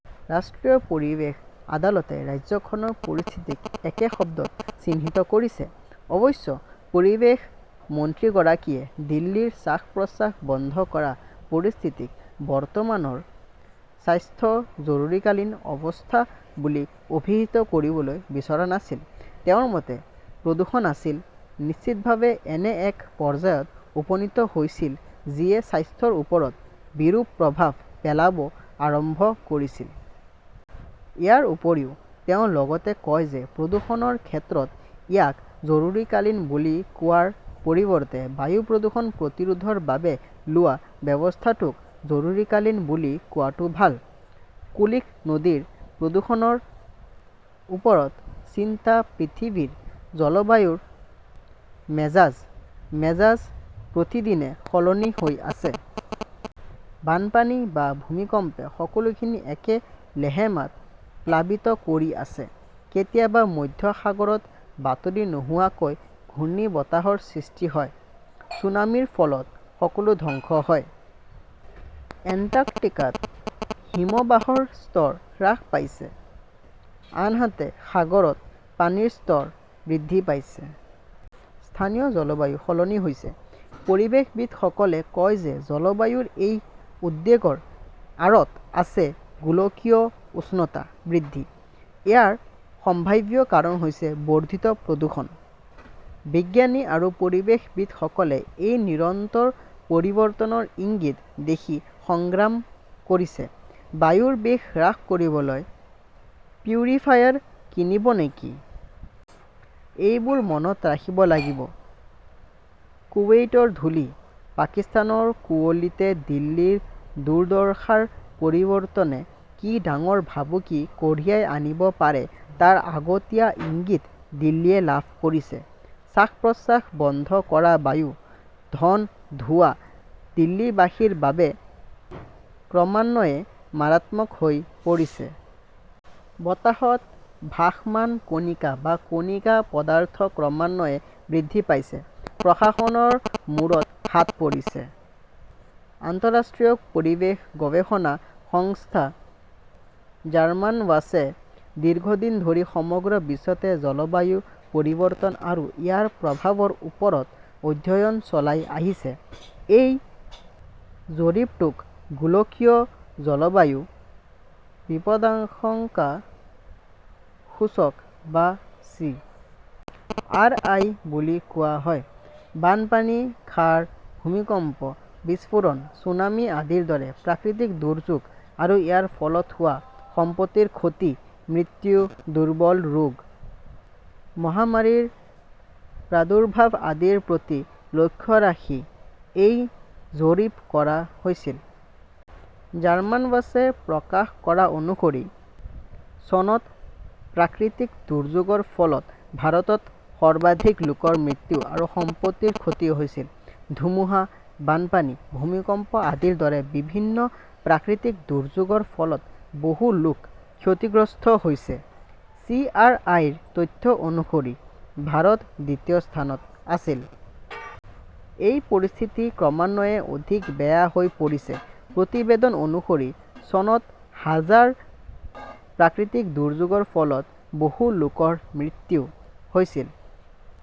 ৰাষ্ট্ৰীয় পৰিৱেশ আদালতে ৰাজ্যখনৰ পৰিস্থিতিক একে শব্দত চিহ্নিত কৰিছে। অৱশ্যে, পৰিৱেশ মন্ত্ৰীগৰাকীয়ে দিল্লীৰ শ্বাস-প্ৰশ্বাস বন্ধ কৰা পৰিস্থিতিক বৰ্তমানৰ 'স্বাস্থ্য জৰুৰীকালীন অৱস্থা বুলি অভিহিত কৰিবলৈ বিচৰা নাছিল। তেওঁৰ মতে, প্ৰদূষণ আছিল, নিশ্চিতভাৱে এনে এক পৰ্যায়ত উপনীত হৈছিল যিয়ে স্বাস্থ্যৰ ওপৰত বিৰূপ প্ৰভাৱ পেলাব আৰম্ভ কৰিছিল। ইয়াৰ উপৰিও, তেওঁ লগতে কয় যে প্ৰদূষণৰ ক্ষেত্ৰত ইয়াক জৰুৰীকালীন বুলি কোৱাৰ পৰিৱৰ্তে বায়ু প্ৰদূষণ প্ৰতিৰোধৰ বাবে লোৱা ব্যৱস্থাটোক জৰুৰীকালীন বুলি কোৱাটো ভাল। কুলিক নদীৰ প্ৰদূষণৰ ওপৰত চিন্তা পৃথিৱীৰ জলবায়ুৰ মেজাজ, মেজাজ প্ৰতিদিনে সলনি হৈ আছে। বানপানী বা ভূমিকম্পে সকলোখিনি এক লেহেমাত প্লাবিত কৰি আছে। কেতিয়াবা মধ্য সাগৰত বাতৰি নোহোৱাকৈ ঘূৰ্ণীবতাহৰ সৃষ্টি হয়, ছুনামিৰ ফলত সকলো ধ্বংস হয়। এণ্টাৰ্কটিকাত হিমবাহৰ স্তৰ হ্ৰাস পাইছে, আনহাতে সাগৰত পানীৰ স্তৰ বৃদ্ধি পাইছে। স্থানীয় জলবায়ুও সলনি হৈছে। পৰিৱেশবিদসকলে কয় যে জলবায়ুৰ এই উদ্বেগৰ আঁৰত আছে গোলকীয় উষ্ণতা বৃদ্ধি। ইয়াৰ সম্ভাৱ্য কাৰণ হৈছে বৰ্ধিত প্ৰদূষণ। বিজ্ঞানী আৰু পৰিৱেশবিদসকলে এই নিৰন্তৰ পৰিৱৰ্তনৰ ইংগিত দেখি সংগ্ৰাম কৰিছে। বায়ুৰ বিষ হ্ৰাস কৰিবলৈ পিউৰিফায়াৰ কিনিব নেকি? এইবোৰ মনত ৰাখিব লাগিব, কুৱেইটৰ ধূলি, পাকিস্তানৰ কুঁৱলীতে দিল্লীৰ দুৰ্দশাৰ পৰিৱৰ্তনে কি ডাঙৰ ভাবুকি কঢ়িয়াই আনিব পাৰে তাৰ আগতীয়া ইংগিত দিল্লীয়ে লাভ কৰিছে। শ্বাস-প্ৰশ্বাস বন্ধ কৰা বায়ু, ঘন ধোঁৱা দিল্লীবাসীৰ বাবে ক্ৰমান্বয়ে মাৰাত্মক হৈ পৰিছে। বতাহত ভাসমান কণিকা বা কণিকা পদাৰ্থ ক্ৰমান্বয়ে বৃদ্ধি পাইছে। প্ৰশাসনৰ মূৰত হাত পৰিছে। আন্তঃৰাষ্ট্ৰীয় পৰিৱেশ গৱেষণা সংস্থা জাৰ্মানৱাচে দীৰ্ঘদিন ধৰি সমগ্ৰ বিশ্বতে জলবায়ু পৰিৱৰ্তন আৰু ইয়াৰ প্ৰভাৱৰ ওপৰত অধ্যয়ন চলাই আহিছে। এই জৰীপটোক গোলকীয় জলবায়ু বিপদাশংকা সূচক বা চি. আৰ. আই. বুলি কোৱা হয়। বানপানী, ক্ষাৰ, ভূমিকম্প, বিস্ফোৰণ, ছুনামি আদিৰ দৰে প্ৰাকৃতিক দুৰ্যোগ আৰু ইয়াৰ ফলত হোৱা সম্পত্তিৰ ক্ষতি, মৃত্যু, দুৰ্বল ৰোগ, মহামাৰীৰ প্ৰাদুৰ্ভাৱ আদিৰ প্ৰতি লক্ষ্য ৰাখি এই জৰীপ কৰা হৈছিল। জাৰ্মানৱাচে প্ৰকাশ কৰা অনুসৰি, চনত প্ৰাকৃতিক দুৰ্যোগৰ ফলত ভাৰতত সৰ্বাধিক লোকৰ মৃত্যু আৰু সম্পত্তিৰ ক্ষতি হৈছিল। ধুমুহা, বানপানী, ভূমিকম্প আদিৰ দৰে বিভিন্ন প্ৰাকৃতিক দুৰ্যোগৰ ফলত বহু লোক ক্ষতিগ্ৰস্ত হৈছে। চি. আৰ. আই. -ৰ তথ্য অনুসৰি ভাৰত দ্বিতীয় স্থানত আছিল। সেই পৰিস্থিতি ক্ৰমান্বয়ে অধিক বেয়া হৈ পৰিছে। প্ৰতিবেদন অনুসৰি, চনত হাজাৰ প্ৰাকৃতিক দুৰ্যোগৰ ফলত বহু লোকৰ মৃত্যু হৈছিল।